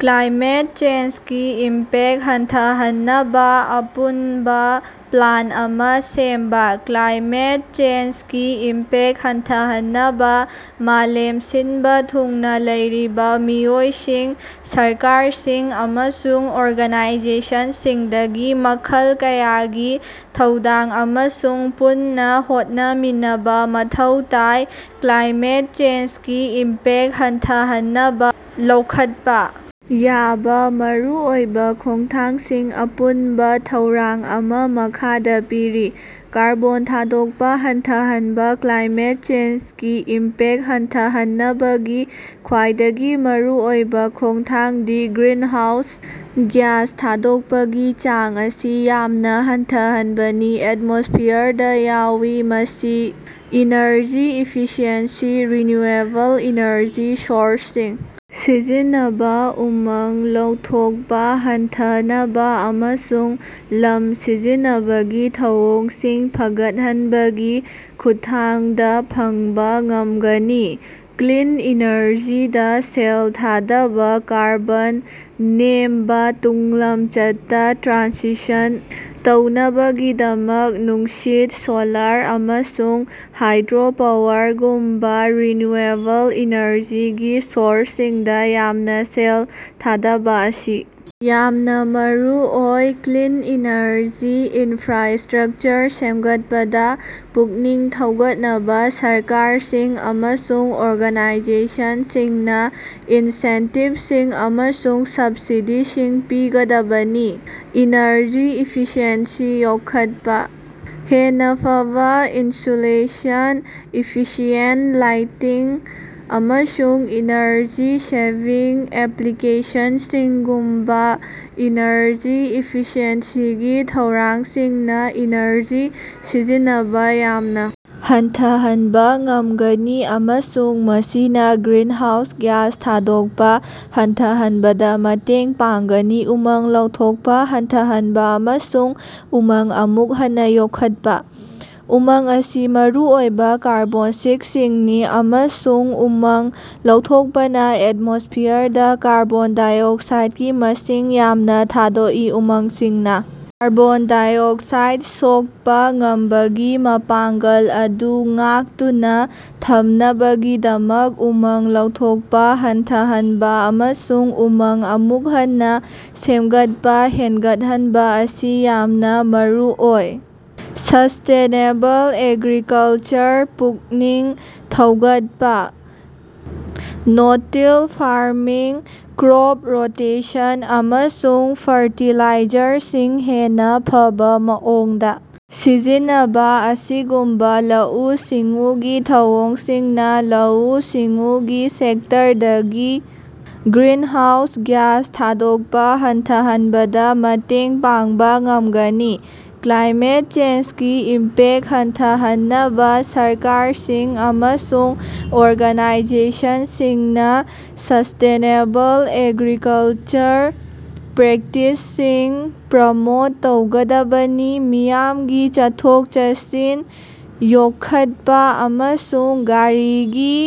Climate ꯆꯦꯟꯖꯒꯤ impact ꯍꯟꯊꯍꯟꯅꯕ ꯑꯄꯨꯟꯕ ꯄ꯭ꯂꯥꯟ ꯑꯃ ꯁꯦꯝꯕ꯫ ꯀ꯭ꯂꯥꯏꯃꯦꯠ ꯆꯦꯟꯖꯒꯤ ꯏꯝꯄꯦꯛ ꯍꯟꯊꯍꯟꯅꯕ ꯃꯥꯂꯦꯝ ꯁꯤꯟꯕ ꯊꯨꯡꯅ ꯂꯩꯔꯤꯕ ꯃꯤꯑꯣꯏꯁꯤꯡ, ꯁꯔꯀꯥ꯭ꯔꯁꯤꯡ ꯑꯃꯁꯨꯡ ꯑꯣꯔꯒꯅꯥꯏꯖꯦꯁꯟꯁꯤꯡꯗꯒꯤ ꯃꯈꯜ ꯀꯌꯥꯒꯤ ꯊꯧꯗꯥꯡ ꯑꯃꯁꯨꯡ ꯄꯨꯟꯅ ꯍꯣꯠꯅꯃꯤꯟꯅꯕ ꯃꯊꯧ ꯇꯥꯏ꯫ ꯀ꯭ꯂꯥꯏꯃꯦꯠ ꯆꯦꯟꯖꯒꯤ ꯏꯝꯄꯦꯛ ꯍꯟꯊꯍꯟꯅꯕ ꯂꯧꯈꯠꯄ ꯌꯥꯕ ꯃꯔꯨꯑꯣꯏꯕ ꯈꯣꯡꯊꯥꯡꯁꯤꯡ, ꯑꯄꯨꯟꯕ ꯊꯧꯔꯥꯡ ꯑꯃ ꯃꯈꯥꯗ ꯄꯤꯔꯤ: ꯀꯥꯔꯕꯣꯟ ꯊꯥꯗꯣꯛꯄ ꯍꯟꯊꯍꯟꯕ: ꯀ꯭ꯂꯥꯏꯃꯦꯠ ꯆꯦꯟꯖꯒꯤ ꯏꯝꯄꯦꯛ ꯍꯟꯊꯍꯟꯅꯕꯒꯤ ꯈ꯭ꯋꯥꯏꯗꯒꯤ ꯃꯔꯨꯑꯣꯏꯕ ꯈꯣꯡꯊꯥꯡꯗꯤ ꯒ꯭ꯔꯤꯟꯍꯥꯎꯁ ꯒ꯭ꯌꯥꯁ ꯊꯥꯗꯣꯛꯄꯒꯤ ꯆꯥꯡ ꯑꯁꯤ ꯌꯥꯝꯅ ꯍꯟꯊꯍꯟꯕꯅꯤ꯫ ꯑꯦꯠꯃ꯭ꯣꯁꯐꯤꯌꯔꯗ ꯌꯥꯎꯏ꯫ ꯃꯁꯤ ꯏꯅ꯭ꯔꯖꯤ ꯏꯐꯤꯁꯤꯑꯦꯟꯁꯤ, ꯔꯤꯅ꯭ꯌꯨꯑꯦꯕꯜ ꯏꯅ꯭ꯔꯖꯤ ꯁꯣꯔꯁꯁꯤꯡ ꯁꯤꯖꯤꯟꯅꯕ, ꯎꯃꯪ ꯂꯧꯊꯣꯛꯄ ꯍꯟꯊꯍꯅꯕ, ꯑꯃꯁꯨꯡ ꯂꯝ ꯁꯤꯖꯤꯟꯅꯕꯒꯤ ꯊꯧꯑꯣꯡꯁꯤꯡ ꯐꯒꯠꯍꯟꯕꯒꯤ ꯈꯨꯠꯊꯥꯡꯗꯥ ꯐꯪꯕꯥ ꯉꯝꯒꯅꯤ꯫ ꯀ꯭ꯂꯤꯟ ꯏꯅ꯭ꯔꯖꯤꯗ ꯁꯦꯜ ꯊꯥꯗꯕ: ꯀꯥꯔꯕꯣꯟ ꯅꯦꯝꯕ ꯇꯨꯡꯂꯝꯆꯠꯇ ꯇ꯭ꯔꯥꯟꯁꯤꯁꯟ ꯇꯧꯅꯕꯒꯤꯗꯃꯛ, ꯅꯨꯡꯁꯤꯠ, ꯁꯣꯂꯥꯔ, ꯑꯃꯁꯨꯡ ꯍꯥꯏꯗ꯭ꯔꯣ ꯄꯥꯋꯔꯒꯨꯝꯕ ꯔꯤꯅ꯭ꯌꯨꯑꯦꯕꯜ ꯏꯅꯔꯖꯤꯒꯤ ꯁꯣꯔꯁꯁꯤꯡꯗ ꯌꯥꯝꯅ ꯁꯦꯜ ꯊꯥꯗꯕ ꯑꯁꯤ ꯌꯥꯝꯅ ꯃꯔꯨꯑꯣꯏ꯫ ꯀ꯭ꯂꯤꯟ ꯏꯅ꯭ꯔꯖꯤ ꯏꯅꯐ꯭ꯔꯥꯁ꯭ꯇꯔꯛꯆꯔ ꯁꯦꯝꯒꯠꯄꯗ ꯄꯨꯛꯅꯤꯡ ꯊꯧꯒꯠꯅꯕꯥ ꯁꯔꯀꯥꯔꯁꯤꯡ ꯑꯃꯁꯨꯡ ꯑꯣꯔꯒꯅꯥꯏꯖꯦꯁꯟꯁꯤꯡꯅ ꯏꯟꯁꯦꯟꯇꯤꯕꯁꯤꯡ ꯑꯃꯁꯨꯡ ꯁꯕꯁꯤꯗꯤꯁꯤꯡ ꯄꯤꯒꯗꯕꯅꯤ꯫ ꯏꯅ꯭ꯔꯖꯤ ꯏꯐꯤꯁꯤꯑꯦꯟꯁꯤ ꯌꯣꯛꯈꯠꯄ: ꯍꯦꯟꯅ ꯐꯕ ꯏꯟꯁꯨꯂꯦꯁꯟ, ꯏꯐꯤꯁꯤꯌꯦꯟꯠ ꯂꯥꯏꯇꯤꯡ, ꯑꯃꯁꯨꯡ ꯏꯅ꯭ꯔꯖꯤ ꯁꯦꯚꯤꯡ ꯑꯦꯞꯂꯤꯀꯦꯁꯟꯁꯤꯡꯒꯨꯝꯕ ꯏꯅ꯭ꯔꯖꯤ ꯏꯐꯤꯁꯤꯑꯦꯟꯁꯤꯒꯤ ꯊꯧꯔꯥꯡꯁꯤꯡꯅ ꯏꯅ꯭ꯔꯖꯤ ꯁꯤꯖꯤꯟꯅꯕ ꯌꯥꯝꯅ ꯍꯟꯊꯍꯟꯕ ꯉꯝꯒꯅꯤ ꯑꯃꯁꯨꯡ ꯃꯁꯤꯅ ꯒ꯭ꯔꯤꯟꯍꯥꯎꯁ ꯒ꯭ꯌꯥꯁ ꯊꯥꯗꯣꯛꯄ ꯍꯟꯊꯍꯟꯕꯗ ꯃꯇꯦꯡ ꯄꯥꯡꯒꯅꯤ꯫ ꯎꯃꯪ ꯂꯧꯊꯣꯛꯄ ꯍꯟꯊꯍꯟꯕ ꯑꯃꯁꯨꯡ ꯎꯃꯪ ꯑꯃꯨꯛ ꯍꯟꯅ ꯌꯣꯛꯈꯠꯄ: ꯎꯃꯪ ꯑꯁꯤ ꯃꯔꯨꯑꯣꯏꯕ ꯀꯥꯔꯕꯣꯟ ꯁꯤꯡꯛꯁꯤꯡꯅꯤ ꯑꯃꯁꯨꯡ ꯎꯃꯪ ꯂꯧꯊꯣꯛꯄꯅ ꯑꯦꯠꯃꯣꯁ꯭ꯐꯤꯌꯔꯗ ꯀꯥꯔꯕꯣꯟ ꯗꯥꯏꯑꯣꯛꯁꯥꯏꯗꯀꯤ ꯃꯁꯤꯡ ꯌꯥꯝꯅ ꯊꯥꯗꯣꯛꯏ꯫ ꯎꯃꯪꯁꯤꯡꯅ ꯀꯥꯔꯕꯣꯟ ꯗꯥꯏꯑꯣꯛꯁꯥꯏꯗ ꯁꯣꯛꯄ ꯉꯝꯕꯒꯤ ꯃꯄꯥꯡꯒꯜ ꯑꯗꯨ ꯉꯥꯛꯇꯨꯅ ꯊꯝꯅꯕꯒꯤꯗꯃꯛ ꯎꯃꯪ ꯂꯧꯊꯣꯛꯄ ꯍꯟꯊꯍꯟꯕ ꯑꯃꯁꯨꯡ ꯎꯃꯪ ꯑꯃꯨꯛ ꯍꯟꯅ ꯁꯦꯃꯒꯠꯄ ꯍꯦꯡꯒꯠꯍꯟꯕ ꯑꯁꯤ ꯌꯥꯝꯅ ꯃꯔꯨꯑꯣꯏ꯫ ꯁ꯭ꯁꯇꯦꯅꯦꯕꯜ ꯑꯦꯒ꯭ꯔꯤꯀꯜꯆꯔ ꯄꯨꯛꯅꯤꯡ ꯊꯧꯒꯠꯄ: ꯅꯣ-ꯇꯤꯜ ꯐꯥꯔꯃꯤꯡ, ꯀ꯭ꯔꯣꯞ ꯔꯣꯇꯦꯁꯟ, ꯑꯃꯁꯨꯡ ꯐ꯭ꯔꯇꯤꯂꯥꯏꯖꯔꯁꯤꯡ ꯍꯦꯟꯅ ꯐꯕ ꯃꯑꯣꯡꯗ ꯁꯤꯖꯤꯟꯅꯕ ꯑꯁꯤꯒꯨꯝꯕ ꯂꯧꯎ-ꯁꯤꯡꯎꯒꯤ ꯊꯧꯑꯣꯡꯁꯤꯡꯅ ꯂꯧꯎ-ꯁꯤꯡꯎꯒꯤ ꯁꯦꯛꯇꯔꯗꯒꯤ ꯒ꯭ꯔꯤꯅꯍꯥꯎꯁ ꯒ꯭ꯌꯥꯁ ꯊꯥꯗꯣꯛꯄ ꯍꯟꯊꯍꯟꯕꯗ ꯃꯇꯦꯡ ꯄꯥꯡꯕ ꯉꯝꯒꯅꯤ꯫ ꯀ꯭ꯂꯥꯏꯃꯦꯠ ꯆꯦꯟꯖꯒꯤ ꯏꯝꯄꯦꯛ ꯍꯟꯊꯍꯟꯅꯕ ꯁꯔꯀꯥꯔꯁꯤꯡ ꯑꯃꯁꯨꯡ ꯑꯣꯔꯒꯥꯅꯥꯏꯖꯦꯁꯟꯁꯤꯡꯅ ꯁ꯭ꯁꯇꯦꯅꯦꯕꯜ ꯑꯦꯒ꯭ꯔꯤꯀꯜꯆꯔ ꯄ꯭ꯔꯦꯛꯇꯤꯁꯁꯤꯡ ꯄ꯭ꯔꯃꯣꯠ ꯇꯧꯒꯗꯕꯅꯤ꯫ ꯃꯤꯌꯥꯝꯒꯤ ꯆꯠꯊꯣꯛ-ꯆꯠꯁꯤꯟ ꯌꯣꯛꯈꯠꯄ ꯑꯃꯁꯨꯡ ꯒꯥꯔꯤꯒꯤ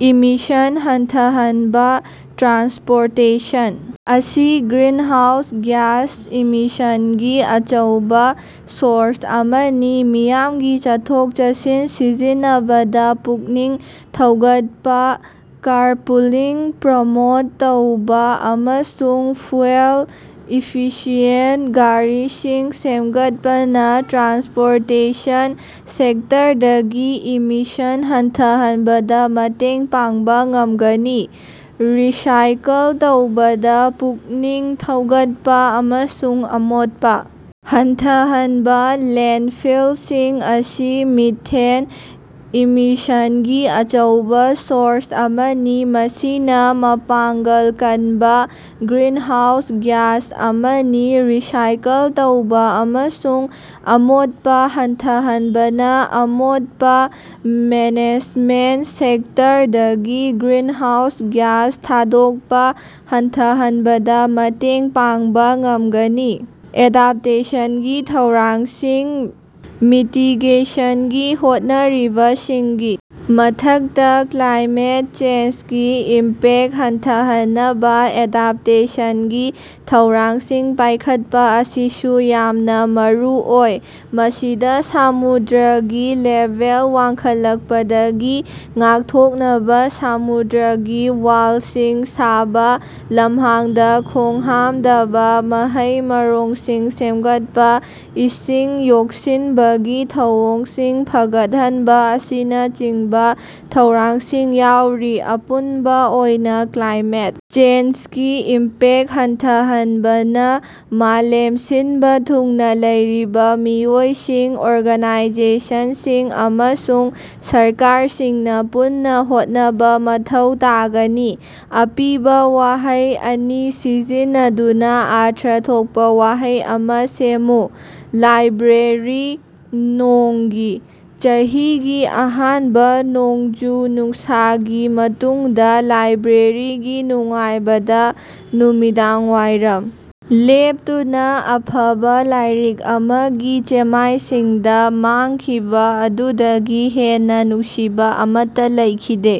ꯏꯃꯤꯁꯟ ꯍꯟꯊꯍꯟꯕ: ꯇ꯭ꯔꯥꯟꯁꯄꯣꯔꯇꯦꯁꯟ ꯑꯁꯤ ꯒ꯭ꯔꯤꯟꯍꯥꯎꯁ ꯒ꯭ꯌꯥꯁ ꯏꯃꯤꯁꯟꯒꯤ ꯑꯆꯧꯕꯥ ꯁꯣꯔꯁ ꯑꯃꯅꯤ꯫ ꯃꯤꯌꯥꯝꯒꯤ ꯆꯠꯊꯣꯛ-ꯆꯠꯁꯤꯟ ꯁꯤꯖꯤꯟꯅꯕꯗ ꯄꯨꯛꯅꯤꯡ ꯊꯧꯒꯠꯄ, ꯀꯥꯔꯄꯨꯂꯤꯡ ꯄ꯭ꯔꯃꯣꯠ ꯇꯧꯕꯥ, ꯑꯃꯁꯨꯡ ꯐ꯭ꯌꯨꯑꯦꯜ ꯏꯐꯤꯁꯤꯌꯦꯟꯠ ꯒꯥꯔꯤꯁꯤꯡ ꯁꯦꯝꯒꯠꯄꯅ ꯇ꯭ꯔꯥꯟꯁꯄꯣꯔꯇꯦꯁꯟ ꯁꯦꯛꯇꯔꯗꯒꯤ ꯏꯃꯤꯁꯟ ꯍꯟꯊꯍꯟꯕꯗ ꯃꯇꯦꯡ ꯄꯥꯡꯕ ꯉꯝꯒꯅꯤ꯫ ꯔꯤꯁꯥꯏꯀꯜ ꯇꯧꯕꯗ ꯄꯨꯛꯅꯤꯡ ꯊꯧꯒꯠꯄ ꯑꯃꯁꯨꯡ ꯑꯃꯣꯠꯄ ꯍꯟꯊꯍꯟꯕ: ꯂꯦꯟꯗꯐꯤꯜꯁꯤꯡ ꯑꯁꯤ ꯃꯤꯊꯦꯟ ꯏꯃꯤꯁꯟꯒꯤ ꯑꯆꯧꯕꯥ ꯁꯣꯔꯁ ꯑꯃꯅꯤ, ꯃꯁꯤꯅ ꯃꯄꯥꯡꯒꯜ ꯀꯟꯕ ꯒ꯭ꯔꯤꯅꯍꯥꯎꯁ ꯒ꯭ꯌꯥꯁ ꯑꯃꯅꯤ꯫ ꯔꯤꯁꯥꯏꯀꯜ ꯇꯧꯕꯥ ꯑꯃꯁꯨꯡ ꯑꯃꯣꯠꯄ ꯍꯟꯊꯍꯟꯕꯅ ꯑꯃꯣꯠꯄ ꯃꯦꯅꯦꯖꯃꯦꯟꯠ ꯁꯦꯛꯇ꯭ꯔꯗꯒꯤ ꯒ꯭ꯔꯤꯅꯍꯥꯎꯁ ꯒ꯭ꯌꯥꯁ ꯊꯥꯗꯣꯛꯄ ꯍꯟꯊꯍꯟꯕꯗ ꯃꯇꯦꯡ ꯄꯥꯡꯕ ꯉꯝꯒꯅꯤ꯫ ꯑꯦꯗꯥꯞꯇꯦꯁꯟꯒꯤ ꯊꯧꯔꯥꯡꯁꯤꯡ: ꯃꯤꯇꯤꯒꯦꯁꯟꯒꯤ ꯍꯣꯠꯅꯔꯤꯕꯁꯤꯡꯒꯤ ꯃꯊꯛꯇ, ꯀ꯭ꯂꯥꯏꯃꯦꯠ ꯆꯦꯟꯖꯒꯤ ꯏꯝꯄꯦꯛ ꯍꯟꯊꯍꯟꯅꯕ ꯑꯦꯗꯥꯞꯇꯦꯁꯟꯒꯤ ꯊꯧꯔꯥꯡꯁꯤꯡ ꯄꯥꯏꯈꯠꯄ ꯑꯁꯤꯁꯨ ꯌꯥꯝꯅ ꯃꯔꯨꯑꯣꯏ꯫ ꯃꯁꯤꯗ ꯁꯃꯨꯗ꯭ꯔꯒꯤ ꯂꯦꯚꯦꯜ ꯋꯥꯡꯈꯠꯂꯛꯄꯗꯒꯤ ꯉꯥꯛꯊꯣꯛꯅꯕ ꯁꯃꯨꯗ꯭ꯔꯒꯤ ꯋꯥꯜꯁꯤꯡ ꯁꯥꯕ, ꯂꯝꯍꯥꯡꯗ ꯈꯣꯡꯍꯥꯝꯗꯕ ꯃꯍꯩ-ꯃꯔꯣꯡꯁꯤꯡ ꯁꯦꯝꯒꯠꯄ, ꯏꯁꯤꯡ ꯌꯣꯛꯁꯤꯟꯕꯒꯤ ꯊꯧꯑꯣꯡꯁꯤꯡ ꯐꯒꯠꯍꯟꯕ ꯑꯁꯤꯅꯆꯤꯡꯕ ꯊꯧꯔꯥꯡꯁꯤꯡ ꯌꯥꯎꯔꯤ꯫ ꯑꯄꯨꯟꯕ ꯑꯣꯏꯅ, ꯀ꯭ꯂꯥꯏꯃꯦꯠ ꯆꯦꯟꯖꯒꯤ ꯏꯝꯄꯦꯛ ꯍꯟꯊꯍꯟꯅꯕꯥꯂ ꯃꯥꯂꯦꯝ ꯁꯤꯟꯕ ꯊꯨꯡꯅ ꯂꯩꯔꯤꯕ ꯃꯤꯑꯣꯏꯁꯤꯡ, ꯑꯣꯔꯒꯥꯅꯥꯏꯖꯦꯁꯟꯁꯤꯡ ꯑꯃꯁꯨꯡ ꯁ꯭ꯔꯀꯥꯔꯁꯤꯡꯅ ꯄꯨꯟꯅ ꯍꯣꯠꯅꯕ ꯃꯊꯧ ꯇꯥꯒꯅꯤ꯫ ꯑꯄꯤꯕ ꯋꯥꯍꯩ ꯑꯅꯤ ꯁꯤꯖꯤꯟꯅꯗꯨꯅ ꯑꯔꯊ ꯊꯣꯛꯄ ꯋꯥꯍꯩ ꯑꯃ ꯁꯦꯝꯃꯨ꯫ ꯂꯥꯏꯕ꯭ꯔꯦꯔꯤ, ꯅꯣꯡꯒꯤ꯫ ꯆꯍꯤꯒꯤ ꯑꯍꯥꯟꯕ ꯅꯣꯡꯖꯨ-ꯅꯨꯡꯁꯥꯒꯤ ꯃꯇꯨꯡꯗ ꯂꯥꯏꯕ꯭ꯔꯦꯔꯤꯒꯤ ꯅꯨꯡꯉꯥꯏꯕꯗ ꯅꯨꯃꯤꯗꯥꯡꯋꯥꯏꯔꯝ ꯂꯦꯞꯇꯨꯅ, ꯑꯐꯕꯥ ꯂꯥꯏꯔꯤꯛ ꯑꯃꯒꯤ ꯆꯦꯃꯥꯏꯁꯤꯡꯗ ꯃꯥꯡꯈꯤꯕ ꯑꯗꯨꯗꯒꯤ ꯍꯦꯟꯅ ꯅꯨꯡꯁꯤꯕ ꯑꯃꯠꯇ ꯂꯩꯈꯤꯗꯦ꯫